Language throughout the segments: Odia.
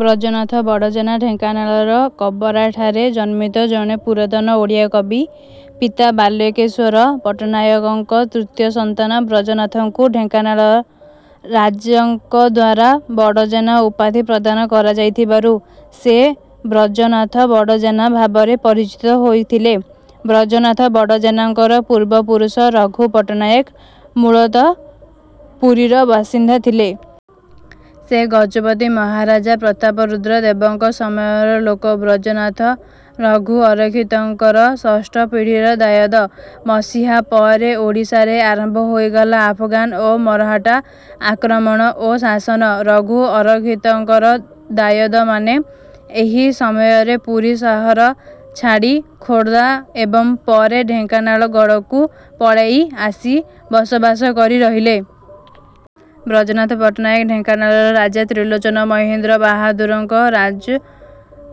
ବ୍ରଜନାଥ ବଡ଼ଜେନା ଢେଙ୍କାନାଳର କବରାଠାରେ ଜନ୍ମିତ ଜଣେ ପୁରାତନ ଓଡ଼ିଆ କବି। ପିତା ବାଲୁକେଶ୍ୱର ପଟ୍ଟନାୟକଙ୍କ ତୃତୀୟ ସନ୍ତାନ ବ୍ରଜନାଥଙ୍କୁ ଢେଙ୍କାନାଳ ରାଜାଙ୍କଦ୍ୱାରା ବଡ଼ଜେନା ଉପାଧି ପ୍ରଦାନ କରାଯାଇଥିବାରୁ, ସେ ବ୍ରଜନାଥ ବଡ଼ଜେନା ଭାବରେ ପରିଚିତ ହୋଇଥିଲେ। ବ୍ରଜନାଥ ବଡ଼ଜେନା ଙ୍କର ପୂର୍ବ ପୁରୁଷ ରଘୁ ପଟ୍ଟନାୟକ ମୂଳତଃ ପୁରୀର ବାସିନ୍ଦା ଥିଲେ। ସେ ଗଜପତି ମହାରାଜା ପ୍ରତାପରୁଦ୍ର ଦେବଙ୍କ ସମୟର ଲୋକ। ବ୍ରଜନାଥ, ରଘୁ ଅରକ୍ଷିତଙ୍କର ଷଷ୍ଠ ପିଢିର ଦାୟାଦ। ମସିହା ପରେ ଓଡ଼ିଶାରେ ଆରମ୍ଭ ହୋଇଗଲା ଆଫଗାନ ଓ ମରହଟ୍ଟା ଆକ୍ରମଣ ଓ ଶାସନ। ରଘୁ ଅରକ୍ଷିତଙ୍କର ଦାୟାଦମାନେ ଏହି ସମୟରେ ପୁରୀ ସହର ଛାଡ଼ି ଖୋର୍ଦ୍ଧା ଏବଂ ପରେ ଢେଙ୍କାନାଳଗଡ଼କୁ ପଳାଇ ଆସି ବସବାସ କରି ରହିଲେ। ବ୍ରଜନାଥ ପଟ୍ଟନାୟକ ଢେଙ୍କାନାଳର ରାଜା ତ୍ରିଲୋଚନ ମହୀନ୍ଦ୍ର ବାହାଦୁରଙ୍କ ରାଜ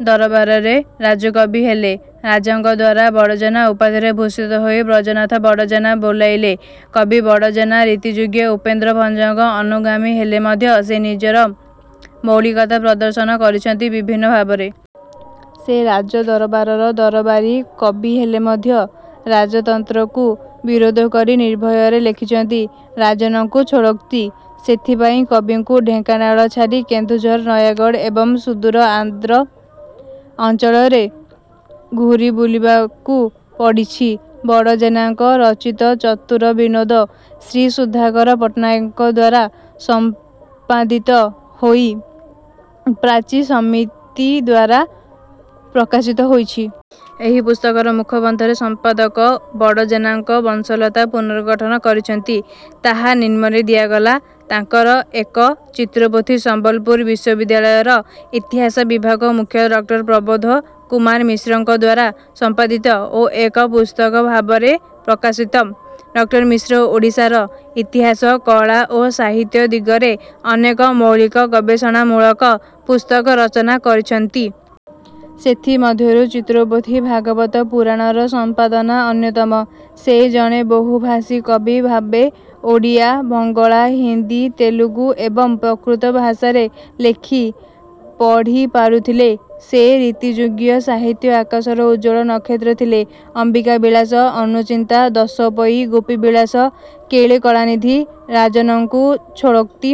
ଦରବାରର ରାଜକବି ହେଲେ। ରାଜାଙ୍କଦ୍ୱାରା 'ବଡ଼ଜେନା' ଉପାଧିରେ ଭୂଷିତ ହୋଇ ବ୍ରଜନାଥ ବଡ଼ଜେନା ବୋଲାଇଲେ। କବି ବଡଜେନା ରୀତିଯୁଗୀୟ ଉପେନ୍ଦ୍ର ଭଞ୍ଜଙ୍କ ଅନୁଗାମୀ ହେଲେ ମଧ୍ୟ ସେ ନିଜର ମୌଳିକତା ପ୍ରଦର୍ଶନ କରିଛନ୍ତି ବିଭିନ୍ନ ଭାବରେ। ସେ ରାଜ ଦରବାରର ଦରବାରୀ କବି ହେଲେ ମଧ୍ୟ ରାଜତନ୍ତ୍ରକୁ ବିରୋଧ କରି ନିର୍ଭୟରେ ଲେଖିଛନ୍ତି 'ରାଜନଙ୍କୁ ଛଳୋକ୍ତି'। ସେଥିପାଇଁ କବିଙ୍କୁ ଢେଙ୍କାନାଳ ଛାଡ଼ି କେନ୍ଦୁଝର, ନୟାଗଡ଼ ଏବଂ ସୁଦୂର ଆନ୍ଧ୍ର ଅଞ୍ଚଳରେ ଘୂରି ବୁଲିବାକୁ ପଡ଼ିଛି। ବଡ଼ଜେନାଙ୍କ ରଚିତ ଚତୁରବିନୋଦ ଶ୍ରୀ ସୁଧାକର ପଟ୍ଟନାୟକଙ୍କଦ୍ୱାରା ସମ୍ପାଦିତ ହୋଇ ପ୍ରାଚୀ ସମିତିଦ୍ୱାରା ପ୍ରକାଶିତ ହୋଇଛି। ଏହି ପୁସ୍ତକର ମୁଖବନ୍ଧରେ ସମ୍ପାଦକ ବଡ଼ଜେନାଙ୍କ ବଂଶଲତା ପୁନର୍ଗଠନ କରିଛନ୍ତି। ତାହା ନିମ୍ନରେ ଦିଆଗଲା। ତାଙ୍କର ଏକ ଚିତ୍ରପୋଥି ସମ୍ବଲପୁର ବିଶ୍ୱବିଦ୍ୟାଳୟର ଇତିହାସ ବିଭାଗ ମୁଖ୍ୟ ଡଃ ପ୍ରବୋଧ କୁମାର ମିଶ୍ରଙ୍କଦ୍ୱାରା ସମ୍ପାଦିତ ଓ ଏକ ପୁସ୍ତକଭାବରେ ପ୍ରକାଶିତ। ଡଃ ମିଶ୍ର ଓଡ଼ିଶାର ଇତିହାସ, କଳା ଓ ସାହିତ୍ୟ ଦିଗରେ ଅନେକ ମୌଳିକ ଗବେଷଣାମୂଳକ ପୁସ୍ତକ ରଚନା କରିଛନ୍ତି। ସେଥି ମଧ୍ୟରୁ ଚିତ୍ରପୋଥି-ଭାଗବତ ପୁରାଣର ସମ୍ପାଦନା ଅନ୍ୟତମ। ସେ ଜଣେ ବହୁ ଭାଷୀ କବି ଭାବେ ଓଡ଼ିଆ, ବଙ୍ଗଳା, ହିନ୍ଦୀ, ତେଲୁଗୁ ଏବଂ ପ୍ରାକୃତ ଭାଷାରେ ଲେଖି ପଢ଼ି ପାରୁଥିଲେ। ସେ ରୀତିଯୁଗୀୟ ସାହିତ୍ୟ ଆକାଶର ଉଜ୍ଜ୍ୱଳ ନକ୍ଷତ୍ର ଥିଲେ। ଅମ୍ବିକା ବିଳାସ, ଅନୁଚିନ୍ତା, ଦଶପୋଇ, ଗୋପୀ ବିଳାସ, କେଳି କଳାନିଧି, ରାଜନଙ୍କୁ ଛଳୋକ୍ତି,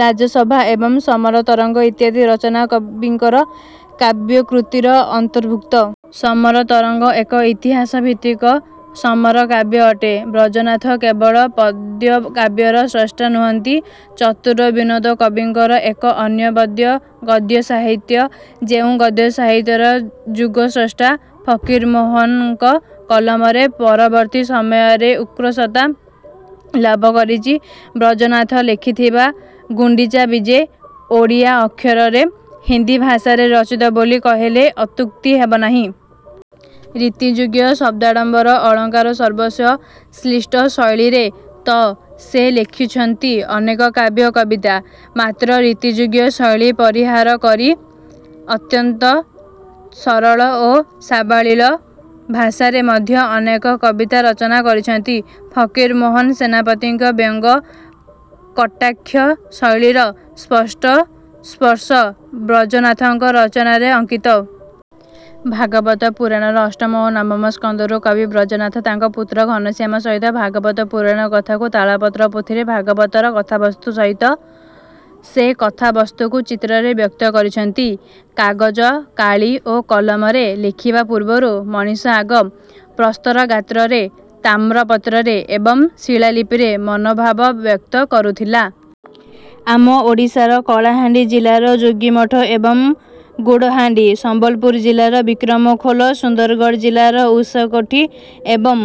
ରାଜସଭା ଏବଂ ସମର ତରଙ୍ଗ ଇତ୍ୟାଦି ରଚନା କବିଙ୍କର କାବ୍ୟକୃତିର ଅନ୍ତର୍ଭୁକ୍ତ। ସମର ତରଙ୍ଗ ଏକ ଇତିହାସଭିତ୍ତିକ ସମର କାବ୍ୟ ଅଟେ। ବ୍ରଜନାଥ କେବଳ ପଦ୍ୟକାବ୍ୟର ସ୍ରଷ୍ଟା ନୁହଁନ୍ତି, ଚତୁର ବିନୋଦ କବିଙ୍କର ଏକ ଅନବଦ୍ୟ ଗଦ୍ୟସାହିତ୍ୟ, ଯେଉଁ ଗଦ୍ୟସାହିତ୍ୟ ଯୁଗସ୍ରଷ୍ଟା ଫକିରମୋହନଙ୍କ କଲମରେ ପରବର୍ତ୍ତୀ ସମୟରେ ଉକ୍ରର୍ଷତା ଲାଭ କରିଛି। ବ୍ରଜନାଥ ଲେଖିଥିବା 'ଗୁଣ୍ଡିଚା ବିଜେ' ଓଡ଼ିଆ ଅକ୍ଷରରେ ହିନ୍ଦୀ ଭାଷାରେ ରଚିତ ବୋଲି କହିଲେ ଅତ୍ୟୁକ୍ତି ହେବ ନାହିଁ। ରୀତିଯୁଗୀୟ ଶବ୍ଦାଡମ୍ବର, ଅଳଙ୍କାର-ସର୍ବସ୍ୱ, କ୍ଳିଷ୍ଟ ଶୈଳୀରେ ତ ସେ ଲେଖିଛନ୍ତି ଅନେକ କାବ୍ୟ କବିତା; ମାତ୍ର ରୀତିଯୁଗୀୟ ଶୈଳୀ ପରିହାର କରି ଅତ୍ୟନ୍ତ ସରଳ ଓ ସାବଲୀଳ ଭାଷାରେ ମଧ୍ୟ ଅନେକ କବିତା ରଚନା କରିଛନ୍ତି। ଫକିରମୋହନ ସେନାପତିଙ୍କ ବ୍ୟଙ୍ଗ-କଟାକ୍ଷ ଶୈଳୀର ସ୍ପଷ୍ଟ ସ୍ପର୍ଶ ବ୍ରଜନାଥଙ୍କ ରଚନାରେ ଅଙ୍କିତ। ଭାଗବତ ପୁରାଣର ଅଷ୍ଟମ ଓ ନବମ ସ୍କନ୍ଧକୁ କବି ବ୍ରଜନାଥ ତାଙ୍କ ପୁତ୍ର ଘନଶ୍ୟାମ ସହିତ ଭାଗବତ ପୁରାଣ କଥାକୁ ତାଳପତ୍ର ପୋଥିରେ ଭାଗବତର କଥାବସ୍ତୁ ସହିତ ସେ କଥାବସ୍ତୁକୁ ଚିତ୍ରରେ ବ୍ୟକ୍ତ କରିଛନ୍ତି। କାଗଜ, କାଳି ଓ କଲମରେ ଲେଖିବା ପୂର୍ବରୁ ମଣିଷ ଆଗ ପ୍ରସ୍ତରଗାତ୍ରରେ, ତାମ୍ରପତ୍ରରେ ଏବଂ ଶିଳାଲିପିରେ ମନୋଭାବ ବ୍ୟକ୍ତ କରୁଥିଲା। ଆମ ଓଡ଼ିଶାର କଳାହାଣ୍ଡି ଜିଲାର ଯୋଗୀମଠ ଏବଂ ଗୁଡ଼ହାଣ୍ଡି, ସମ୍ବଲପୁର ଜିଲାର ବିକ୍ରମଖୋଲ, ସୁନ୍ଦରଗଡ଼ ଜିଲାର ଉଷାକୋଠି ଏବଂ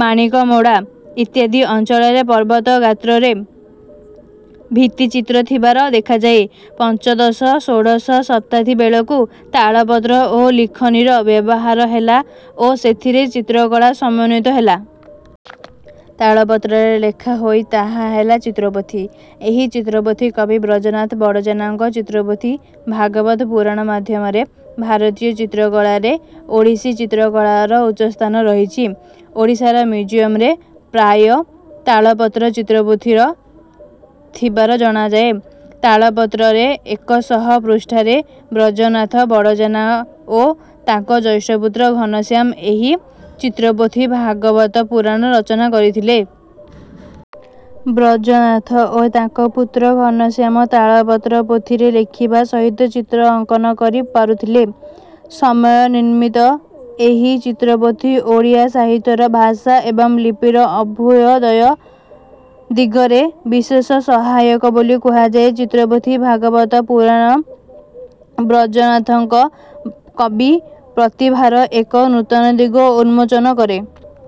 ମାଣିକମୋଡ଼ା ଇତ୍ୟାଦି ଅଞ୍ଚଳରେ ପର୍ବତ ଗାତ୍ରରେ ଭିତ୍ତିଚିତ୍ର ଥିବାର ଦେଖାଯାଏ। ପଞ୍ଚଦଶ-ଷୋଡ଼ଶ ଶତାବ୍ଦୀବେଳକୁ ତାଳପତ୍ର ଓ ଲେଖନୀର ବ୍ୟବହାର ହେଲା ଓ ସେଥିରେ ଚିତ୍ରକଳା ସମନ୍ୱିତ ହେଲା। ତାଳପତ୍ରରେ ଲେଖାହୋଇ ତାହା ହେଲା ଚିତ୍ରପୋଥି। ଏହି ଚିତ୍ରପୋଥି କବି ବ୍ରଜନାଥ ବଡ଼ଜେନାଙ୍କ ଚିତ୍ରପୋଥି 'ଭାଗବତ ପୁରାଣ' ମାଧ୍ୟମରେ ଭାରତୀୟ ଚିତ୍ରକଳାରେ ଓଡ଼ିଶୀ ଚିତ୍ରକଳାର ଉଚ୍ଚସ୍ଥାନ ରହିଛି।। ଓଡ଼ିଶାର ମ୍ୟୁଜିୟମରେ ପ୍ରାୟ ତାଳପତ୍ର ଚିତ୍ରପୋଥିର ଥିବାର ଜଣାଯାଏ।। ତାଳପତ୍ରରେ ଏକ ଶହ ପୃଷ୍ଠାରେ ବ୍ରଜନାଥ ବଡ଼ଜେନା ଓ ତାଙ୍କ ଜ୍ୟେଷ୍ଠପୁତ୍ର ଘନଶ୍ୟାମ ଏହି ଚିତ୍ରପୋଥି ଭାଗବତ ପୁରାଣ ରଚନା କରିଥିଲେ। ବ୍ରଜନାଥ ଓ ତାଙ୍କ ପୁତ୍ର ଘନଶ୍ୟାମ ତାଳପତ୍ର ପୋଥିରେ ଲେଖିବା ସହିତ ଚିତ୍ର ଅଙ୍କନ କରି ପାରୁଥିଲେ। ସମୟ ନିର୍ଣ୍ଣିତ ଏହି ଚିତ୍ରପୋଥି ଓଡ଼ିଆ ସାହିତ୍ୟର ଭାଷା ଏବଂ ଲିପିର ଅଭୁ୍ୟଦୟ ଦିଗରେ ବିଶେଷ ସହାୟକ ବୋଲି କୁହାଯାଏ। ଚିତ୍ରପୋଥି -ଭାଗବତ ପୁରାଣ ବ୍ରଜନାଥଙ୍କ କବି ପ୍ରତିଭାର ଏକ ନୂତନ ଦିଗ ଉନ୍ମୋଚନ କରେ।।